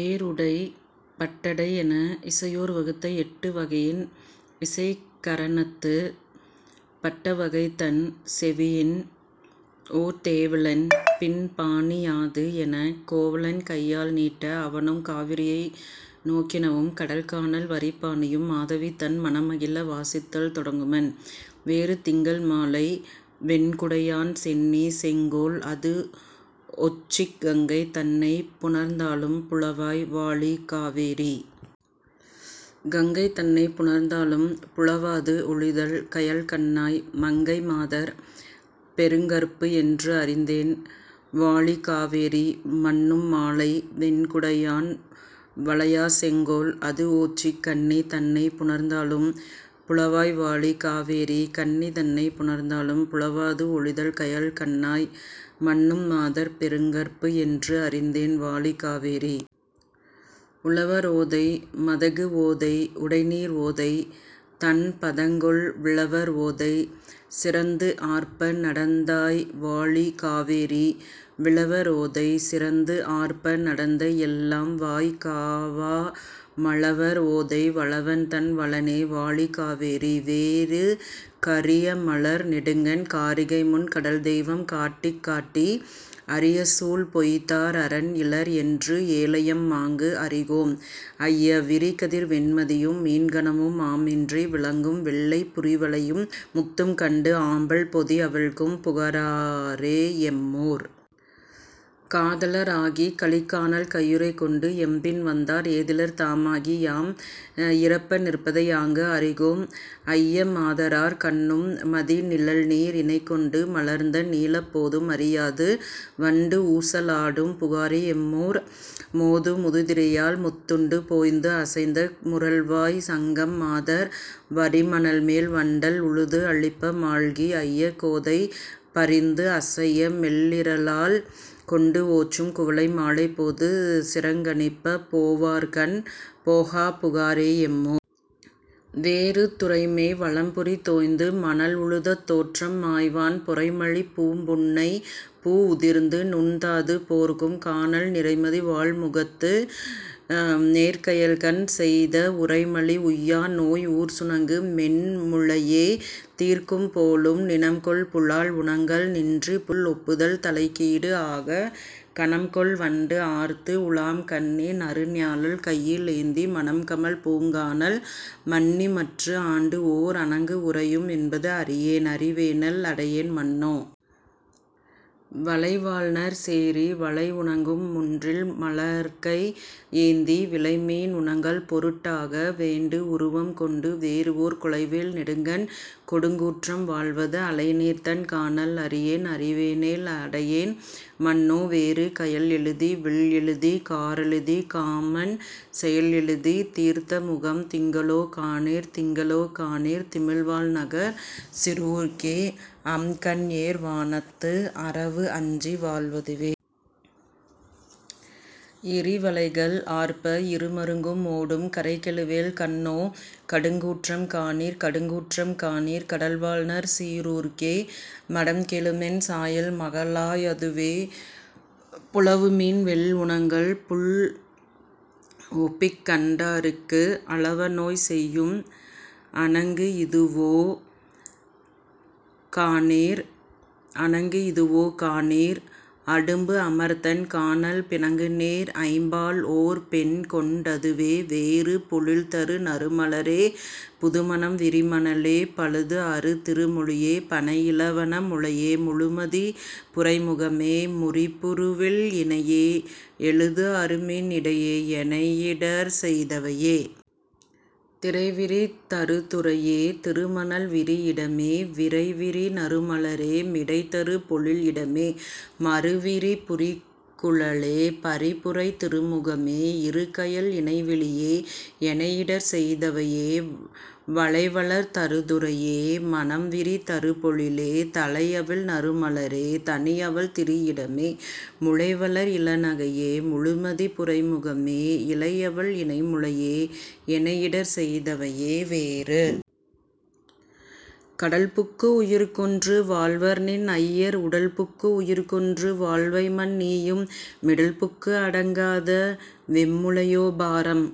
ஏர்உடைப் பட்டடைஎன இசையோர் வகுத்த எட்டு வகையின் இசைக்கர ணத்துப் பட்டவகைதன் செவியின்ஓர்த் ஏவலன், பின் பாணி யாதுஎனக் கோவலன் கையாழ் நீட்ட, அவனும் காவிரியை நோக்கினவும் கடல்கானல் வரிப்பாணியும் மாதவிதன் மனம்மகிழ வாசித்தல் தொடங்குமன். வேறு திங்கள் மாலை வெண்குடையான் சென்னி செங்கோல் அதுஒச்சிக் கங்கை தன்னைப் புணர்ந்தாலும் புலவாய் வாழி காவேரி. கங்கை தன்னைப் புணர்ந்தாலும் புலவாது ஒழிதல் கயல்கண்ணாய். மங்கை மாதர் பெருங்கற்புஎன்று அறிந்தேன் வாழி காவேரி. மன்னும் மாலை வெண்குடையான் வளையாச் செங்கோல் அதுஓச்சிக் கன்னி தன்னைப் புணர்ந்தாலும் புலவாய் வாழி காவேரி. கன்னி தன்னைப் புணர்ந்தாலும் புலவாது ஒழிதல் கயல்கண்ணாய். மன்னும் மாதர் பெருங்கற்புஎன்று அறிந்தேன் வாழி காவேரி. உழவர் ஓதை மதகுஓதை உடைநீர் ஓதை தண்பதங்கொள் விழவர் ஓதை சிறந்துஆர்ப்ப நடந்தாய் வாழி காவேரி. விழவர் ஓதை சிறந்துஆர்ப்ப நடந்த எல்லாம் வாய்காவா மழவர் ஓதை வளவன்தன் வளனே வாழி காவேரி. வேறு கரியமலர் நெடுங்கண் காரிகைமுன் கடல்தெய்வம் காட்டிக் காட்டி அரியசூள் பொய்த்தார் அறன்இலர்என்று ஏழையம்யாங்கு அறிகோம் ஐய விரிகதிர் வெண்மதியும் மீன்கணமும் ஆம்என்றே விளங்கும் வெள்ளைப் புரிவளையும் முத்தும்கண்டு ஆம்பல் பொதிஅவிழ்க்கும் புகாரே எம்மூர். காதலர் ஆகிக் கழிக்கானல் கையுறைகொண்டு எம்பின் வந்தார் ஏதிலர் தாமாகி யாம்இரப்ப நிற்பதையாங்கு அறிகோம் ஐய மாதரார் கண்ணும் மதிநிழல்நீர் இணைகொண்டு மலர்ந்த நீலப் போதும் அறியாது வண்டுஊச லாடும் புகாரே எம்மூர். மோது முதுதிரையால் மொத்துண்டு போந்துஅசைந்த முரல்வாய்ச் சங்கம் மாதர் வரிமணல்மேல் வண்டல் உழுதுஅழிப்ப மாழ்கி ஐய கோதை பரிந்துஅசைய மெல்விரலால் கொண்டுஓச்சும் குவளை மாலைப் போது சிறங்கணிப்பப் போவார்கண் போகாப் புகாரே எம்மூர். வேறு துறைமேய் வலம்புரி தோய்ந்து மணல்உழுத தோற்றம் மாய்வான் பொறைமலி பூம்புன்னைப் பூஉதிர்ந்து நுண்தாது போர்க்கும் கானல் நிறைமதி வாள்முகத்து நேர்க்கயல்கண் செய்த உறைமலி உய்யாநோய் ஊர்சுணங்கு மென்முலையே தீர்க்கும் போலும். நிணம்கொள் புலால்உணங்கல் நின்றுபுள் ஓப்புதல் தலைக்கீடு ஆகக் கணம்கொள் வண்டுஆர்த்து உலாம்கன்னி நறுஞாழல் கையில் ஏந்தி மணம்கமழ் பூங்கானல் மன்னிமற்று ஆண்டுஓர் அணங்குஉறையும் என்பது அறியேன் அறிவேனேல் அடையேன் மன்னோ. வலைவாழ்நர் சேரி வலைஉணங்கும் முன்றில் மலர்கை ஏந்தி விலைமீன் உணங்கல் பொருட்டாக வேண்டுஉருவம் கொண்டு வேறுஓர் கொலைவேல் நெடுங்கண் கொடுங்கூற்றம் வாழ்வது அலைநீர்த்தண் கானல் அறியேன் அறிவேனேல் அடையேன் மன்னோ. வேறு கயல்எழுதி வில்எழுதிக் கார்எழுதிக் காமன் செயல்எழுதித் தீர்ந்தமுகம் திங்களோ காணீர். திங்களோ காணீர் திமில்வாழ்நர் சீறூர்க்கே அம்கண்ஏர் வானத்து அரவுஅஞ்சி வாழ்வதுவே. எறிவளைகள் ஆர்ப்ப இருமருங்கும் ஓடும் கறைகெழுவேல் கண்ணோ கடுங்கூற்றம் காணீர். கடுங்கூற்றம் காணீர் கடல்வாழ்நர் சீறூர்க்கே மடம்கெழுமென் சாயல் மகளா யதுவே. புலவுமீன் வெள்உணங்கல் புள்ஓப்பிக் கண்டார்க்கு அலவநோய் செய்யும் அணங்குஇதுவோ காணீர். அணங்குஇதுவோ காணீர் அடும்புஅமர்த்தண் கானல் பிணங்குநேர் ஐம்பால்ஓர் பெண்கொண் டதுவே. வேறு பொழில்தரு நறுமலரே புதுமணம் விரிமணலே பழுதுஅறு திருமொழியே பணைஇள வனமுலையே முழுமதி புரைமுகமே முரிபுரு வில்இணையே எழுதுஅரு மின்இடையே எனைஇடர் செய்தவையே. திரைவிரி தருதுறையே திருமணல் விரிஇடமே விரைவிரி நறுமலரே மிடைதரு பொழில்இடமே மருவிரி புரிகுழலே மதிபுரை திருமுகமே இருகயல் இணைவிழியே எனைஇடர் செய்தவையே. வளைவளர் தருதுறையே மணம்விரி தருபொழிலே தளைஅவிழ் நறுமலரே தனிஅவள் திரிஇடமே முளைவளர் இளநகையே முழுமதி புரைமுகமே இளையவள் இணைமுலையே எனைஇடர் செய்தவையே. வேறு கடல்புக்கு உயிர்க்கொன்று வாழ்வர்நின் ஐயர் உடல்புக்கு உயிர்க்கொன்று வாழ்வைமன் நீயும் மிடல்புக்கு அடங்காத வெம்முலையோ பாரம்